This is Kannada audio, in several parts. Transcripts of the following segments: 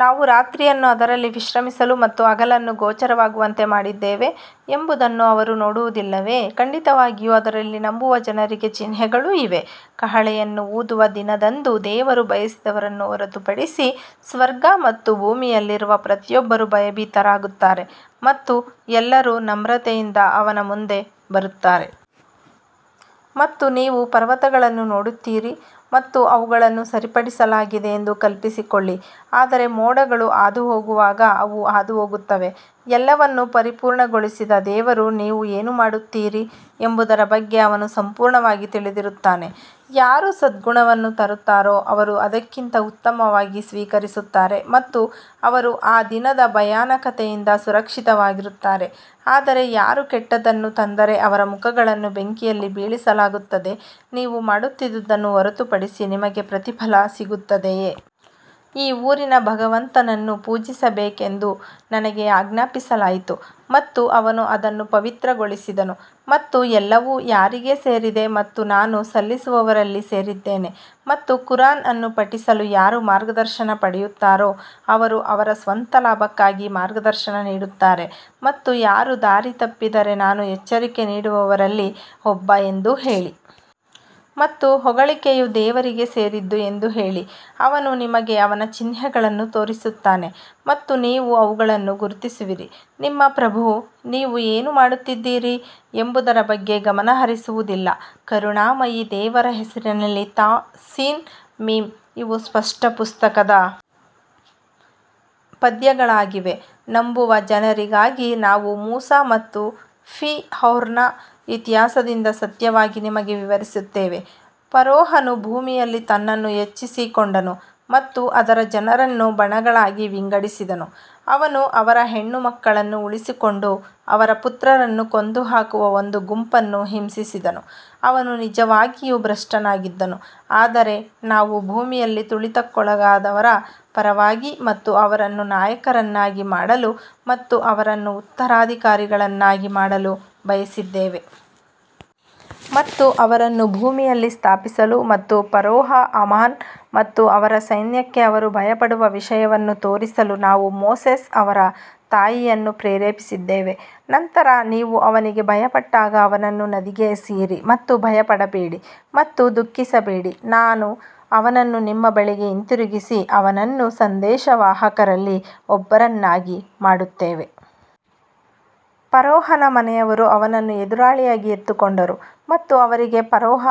ನಾವು ರಾತ್ರಿಯನ್ನು ಅದರಲ್ಲಿ ವಿಶ್ರಮಿಸಲು ಮತ್ತು ಹಗಲನ್ನು ಗೋಚರವಾಗುವಂತೆ ಮಾಡಿದ್ದೇವೆ ಎಂಬುದನ್ನು ಅವರು ನೋಡುವುದಿಲ್ಲವೇ, ಖಂಡಿತವಾಗಿಯೂ ಅದರಲ್ಲಿ ನಂಬುವ ಜನರಿಗೆ ಚಿಹ್ನೆಗಳು ಇವೆ. ಕಹಳೆಯನ್ನು ಊದುವ ದಿನದಂದು, ದೇವರು ಬಯಸಿದವರನ್ನು ಹೊರತುಪಡಿಸಿ, ಸ್ವರ್ಗ ಮತ್ತು ಭೂಮಿಯಲ್ಲಿರುವ ಪ್ರತಿಯೊಬ್ಬರೂ ಭಯಭೀತರಾಗುತ್ತಾರೆ ಮತ್ತು ಎಲ್ಲರೂ ನಮ್ರತೆಯಿಂದ ಅವನ ಮುಂದೆ ಬರುತ್ತಾರೆ. ಮತ್ತು ನೀವು ಪರ್ವತಗಳನ್ನು ನೋಡುತ್ತೀರಿ ಮತ್ತು ಅವುಗಳನ್ನು ಸರಿಪಡಿಸಲಾಗಿದೆ ಎಂದು ಕಲ್ಪಿಸಿಕೊಳ್ಳಿ ಆದರೆ ಮೋಡಗಳು ಹಾದುಹೋಗುವಾಗ ಅವು ಹಾದುಹೋಗುತ್ತವೆ, ಎಲ್ಲವನ್ನೂ ಪರಿಪೂರ್ಣಗೊಳಿಸಿದ ದೇವರು ನೀವು ಏನು ಮಾಡುತ್ತೀರಿ ಎಂಬುದರ ಬಗ್ಗೆ ಅವನು ಸಂಪೂರ್ಣವಾಗಿ ತಿಳಿದಿರುತ್ತಾನೆ. ಯಾರು ಸದ್ಗುಣವನ್ನು ತರುತ್ತಾರೋ ಅವರು ಅದಕ್ಕಿಂತ ಉತ್ತಮವಾಗಿ ಸ್ವೀಕರಿಸುತ್ತಾರೆ ಮತ್ತು ಅವರು ಆ ದಿನದ ಭಯಾನಕತೆಯಿಂದ ಸುರಕ್ಷಿತವಾಗಿರುತ್ತಾರೆ ಆದರೆ ಯಾರು ಕೆಟ್ಟದ್ದನ್ನು ತಂದರೆ ಅವರ ಮುಖಗಳನ್ನು ಬೆಂಕಿಯಲ್ಲಿ ಬೀಳಿಸಲಾಗುತ್ತದೆ, ನೀವು ಮಾಡುತ್ತಿದ್ದುದನ್ನು ಹೊರತುಪಡಿಸಿ ನಿಮಗೆ ಪ್ರತಿಫಲ ಸಿಗುತ್ತದೆಯೇ? ಈ ಊರಿನ ಭಗವಂತನನ್ನು ಪೂಜಿಸಬೇಕೆಂದು ನನಗೆ ಆಜ್ಞಾಪಿಸಲಾಯಿತು ಮತ್ತು ಅವನು ಅದನ್ನು ಪವಿತ್ರಗೊಳಿಸಿದನು ಮತ್ತು ಎಲ್ಲವೂ ಯಾರಿಗೆ ಸೇರಿದೆ ಮತ್ತು ನಾನು ಸಲ್ಲಿಸುವವರಲ್ಲಿ ಸೇರಿದ್ದೇನೆ ಮತ್ತು ಖುರಾನ್ ಅನ್ನು ಪಠಿಸಲು ಯಾರು ಮಾರ್ಗದರ್ಶನ ಪಡೆಯುತ್ತಾರೋ ಅವರು ಅವರ ಸ್ವಂತ ಲಾಭಕ್ಕಾಗಿ ಮಾರ್ಗದರ್ಶನ ನೀಡುತ್ತಾರೆ ಮತ್ತು ಯಾರು ದಾರಿ ತಪ್ಪಿದರೆ ನಾನು ಎಚ್ಚರಿಕೆ ನೀಡುವವರಲ್ಲಿ ಒಬ್ಬ ಎಂದು ಹೇಳಿ. ಮತ್ತು ಹೊಗಳಿಕೆಯು ದೇವರಿಗೆ ಸೇರಿದ್ದು ಎಂದು ಹೇಳಿ, ಅವನು ನಿಮಗೆ ಅವನ ಚಿಹ್ನೆಗಳನ್ನು ತೋರಿಸುತ್ತಾನೆ ಮತ್ತು ನೀವು ಅವುಗಳನ್ನು ಗುರುತಿಸುವಿರಿ, ನಿಮ್ಮ ಪ್ರಭು ನೀವು ಏನು ಮಾಡುತ್ತಿದ್ದೀರಿ ಎಂಬುದರ ಬಗ್ಗೆ ಗಮನ ಹರಿಸುವುದಿಲ್ಲ. ಕರುಣಾಮಯಿ ದೇವರ ಹೆಸರಿನಲ್ಲಿ ತಾ ಸೀನ್ ಮೀಮ್ ಇವು ಸ್ಪಷ್ಟ ಪುಸ್ತಕದ ಪದ್ಯಗಳಾಗಿವೆ ನಂಬುವ ಜನರಿಗಾಗಿ ನಾವು ಮೂಸಾ ಮತ್ತು ಫಿರ್ಔನ್ನ ಇತಿಹಾಸದಿಂದ ಸತ್ಯವಾಗಿ ನಿಮಗೆ ವಿವರಿಸುತ್ತೇವೆ ಫರೋಹನು ಭೂಮಿಯಲ್ಲಿ ತನ್ನನ್ನು ಹೆಚ್ಚಿಸಿಕೊಂಡನು ಮತ್ತು ಅದರ ಜನರನ್ನು ಬಣಗಳಾಗಿ ವಿಂಗಡಿಸಿದನು ಅವನು ಅವರ ಹೆಣ್ಣುಮಕ್ಕಳನ್ನು ಉಳಿಸಿಕೊಂಡು ಅವರ ಪುತ್ರರನ್ನು ಕೊಂದುಹಾಕುವ ಒಂದು ಗುಂಪನ್ನು ಹಿಂಸಿಸಿದನು ಅವನು ನಿಜವಾಗಿಯೂ ಭ್ರಷ್ಟನಾಗಿದ್ದನು ಆದರೆ ನಾವು ಭೂಮಿಯಲ್ಲಿ ತುಳಿತಕ್ಕೊಳಗಾದವರ ಪರವಾಗಿ ಮತ್ತು ಅವರನ್ನು ನಾಯಕರನ್ನಾಗಿ ಮಾಡಲು ಮತ್ತು ಅವರನ್ನು ಉತ್ತರಾಧಿಕಾರಿಗಳನ್ನಾಗಿ ಮಾಡಲು ಬಯಸಿದ್ದೇವೆ. ಮತ್ತು ಅವರನ್ನು ಭೂಮಿಯಲ್ಲಿ ಸ್ಥಾಪಿಸಲು ಮತ್ತು ಫರೋಹ ಹಮಾನ್ ಮತ್ತು ಅವರ ಸೈನ್ಯಕ್ಕೆ ಅವರು ಭಯಪಡುವ ವಿಷಯವನ್ನು ತೋರಿಸಲು ನಾವು ಮೋಸೆಸ್ ಅವರ ತಾಯಿಯನ್ನು ಪ್ರೇರೇಪಿಸಿದ್ದೇವೆ, ನಂತರ ನೀವು ಅವನಿಗೆ ಭಯಪಟ್ಟಾಗ ಅವನನ್ನು ನದಿಗೆ ಎಸೆಯಿರಿ ಮತ್ತು ಭಯಪಡಬೇಡಿ ಮತ್ತು ದುಃಖಿಸಬೇಡಿ ನಾವು ಅವನನ್ನು ನಿಮ್ಮ ಬಳಿಗೆ ಹಿಂತಿರುಗಿಸಿ ಅವನನ್ನು ಸಂದೇಶವಾಹಕರಲ್ಲಿ ಒಬ್ಬರನ್ನಾಗಿ ಮಾಡುತ್ತೇವೆ. ಫರೋಹನ ಮನೆಯವರು ಅವನನ್ನು ಎದುರಾಳಿಯಾಗಿ ಎತ್ತಿಕೊಂಡರು ಮತ್ತು ಅವರಿಗೆ ಫರೋಹ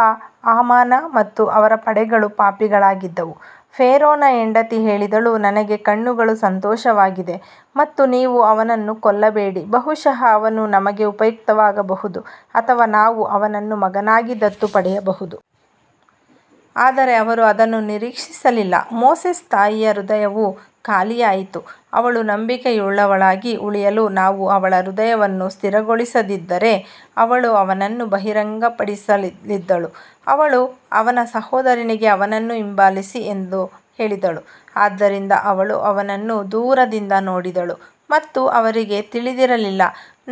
ಹಾಮಾನ ಮತ್ತು ಅವರ ಪಡೆಗಳು ಪಾಪಿಗಳಾಗಿದ್ದವು ಫೇರೋನ ಹೆಂಡತಿ ಹೇಳಿದಳು ನನಗೆ ಕಣ್ಣುಗಳು ಸಂತೋಷವಾಗಿದೆ ಮತ್ತು ನೀವು ಅವನನ್ನು ಕೊಲ್ಲಬೇಡಿ ಬಹುಶಃ ಅವನು ನಮಗೆ ಉಪಯುಕ್ತವಾಗಬಹುದು ಅಥವಾ ನಾವು ಅವನನ್ನು ಮಗನಾಗಿ ದತ್ತು ಪಡೆಯಬಹುದು ಆದರೆ ಅವರು ಅದನ್ನು ನಿರೀಕ್ಷಿಸಲಿಲ್ಲ ಮೋಸೆಸ್ ತಾಯಿಯ ಹೃದಯವು ಖಾಲಿಯಾಯಿತು, ಅವಳು ನಂಬಿಕೆಯುಳ್ಳವಳಾಗಿ ಉಳಿಯಲು ನಾವು ಅವಳ ಹೃದಯವನ್ನು ಸ್ಥಿರಗೊಳಿಸದಿದ್ದರೆ ಅವಳು ಅವನನ್ನು ಬಹಿರಂಗಪಡಿಸಲಿದ್ದಳು ಅವಳು ಅವನ ಸಹೋದರಿಗೆ ಅವನನ್ನು ಹಿಂಬಾಲಿಸಿ ಎಂದು ಹೇಳಿದಳು ಆದ್ದರಿಂದ ಅವಳು ಅವನನ್ನು ದೂರದಿಂದ ನೋಡಿದಳು ಮತ್ತು ಅವರಿಗೆ ತಿಳಿದಿರಲಿಲ್ಲ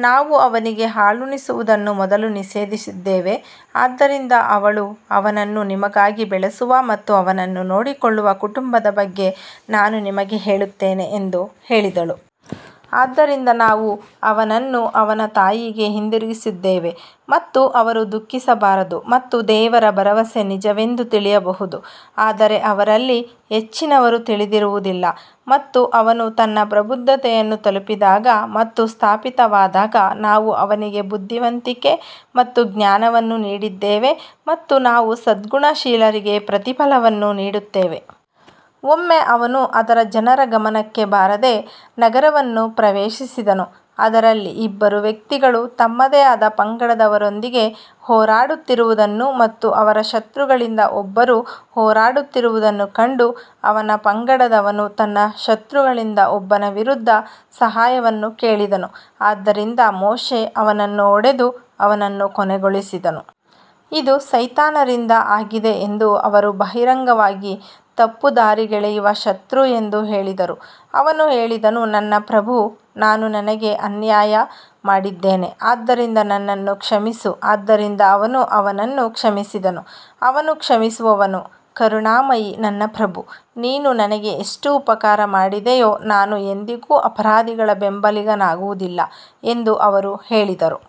ನಾವು ಅವನಿಗೆ ಹಾಲುಣಿಸುವುದನ್ನು ಮೊದಲು ನಿಷೇಧಿಸಿದ್ದೇವೆ ಆದ್ದರಿಂದ ಅವಳು ಅವನನ್ನು ನಿಮಗಾಗಿ ಬೆಳೆಸುವ ಮತ್ತು ಅವನನ್ನು ನೋಡಿಕೊಳ್ಳುವ ಕುಟುಂಬದ ಬಗ್ಗೆ ನಾನು ನಿಮಗೆ ಹೇಳುತ್ತೇನೆ ಎಂದು ಹೇಳಿದಳು. ಆದ್ದರಿಂದ ನಾವು ಅವನನ್ನು ಅವನ ತಾಯಿಗೆ ಹಿಂದಿರುಗಿಸಿದ್ದೇವೆ ಮತ್ತು ಅವರು ದುಃಖಿಸಬಾರದು ಮತ್ತು ದೇವರ ಭರವಸೆ ನಿಜವೆಂದು ತಿಳಿಯಬಹುದು ಆದರೆ ಅವರಲ್ಲಿ ಹೆಚ್ಚಿನವರು ತಿಳಿದಿರುವುದಿಲ್ಲ. ಮತ್ತು ಅವನು ತನ್ನ ಪ್ರಬುದ್ಧತೆಯನ್ನು ತಲುಪಿದಾಗ ಮತ್ತು ಸ್ಥಾಪಿತವಾದಾಗ ನಾವು ಅವನಿಗೆ ಬುದ್ಧಿವಂತಿಕೆ ಮತ್ತು ಜ್ಞಾನವನ್ನು ನೀಡಿದ್ದೇವೆ ಮತ್ತು ನಾವು ಸದ್ಗುಣಶೀಲರಿಗೆ ಪ್ರತಿಫಲವನ್ನು ನೀಡುತ್ತೇವೆ. ಒಮ್ಮೆ ಅವನು ಅದರ ಜನರ ಗಮನಕ್ಕೆ ಬಾರದೆ ನಗರವನ್ನು ಪ್ರವೇಶಿಸಿದನು, ಅದರಲ್ಲಿ ಇಬ್ಬರು ವ್ಯಕ್ತಿಗಳು ತಮ್ಮದೇ ಆದ ಪಂಗಡದವರೊಂದಿಗೆ ಹೋರಾಡುತ್ತಿರುವುದನ್ನು ಮತ್ತು ಅವರ ಶತ್ರುಗಳಿಂದ ಒಬ್ಬರು ಹೋರಾಡುತ್ತಿರುವುದನ್ನು ಕಂಡು ಅವನ ಪಂಗಡದವನು ತನ್ನ ಶತ್ರುಗಳಿಂದ ಒಬ್ಬನ ವಿರುದ್ಧ ಸಹಾಯವನ್ನು ಕೇಳಿದನು, ಆದ್ದರಿಂದ ಮೋಶೆ ಅವನನ್ನು ಹೊಡೆದು ಅವನನ್ನು ಕೊನೆಗೊಳಿಸಿದನು. ಇದು ಸೈತಾನರಿಂದ ಆಗಿದೆ ಎಂದು ಅವರು ಬಹಿರಂಗವಾಗಿ ತಪ್ಪುದಾರಿಗೆಳೆಯುವ ಶತ್ರು ಎಂದು ಹೇಳಿದರು ಅವನು ಹೇಳಿದನು ನನ್ನ ಪ್ರಭೂ ನಾನು ನನಗೆ ಅನ್ಯಾಯ ಮಾಡಿದ್ದೇನೆ ಆದ್ದರಿಂದ ನನ್ನನ್ನು ಕ್ಷಮಿಸು ಆದ್ದರಿಂದ ಅವನು ಅವನನ್ನು ಕ್ಷಮಿಸಿದನು ಅವನು ಕ್ಷಮಿಸುವವನು ಕರುಣಾಮಯಿ ನನ್ನ ಪ್ರಭು, ನೀನು ನನಗೆ ಎಷ್ಟು ಉಪಕಾರ ಮಾಡಿದೀಯೋ, ನಾನು ಎಂದಿಗೂ ಅಪರಾಧಿಗಳ ಬೆಂಬಲಿಗನಾಗುವುದಿಲ್ಲ ಎಂದು ಅವರು ಹೇಳಿದರು.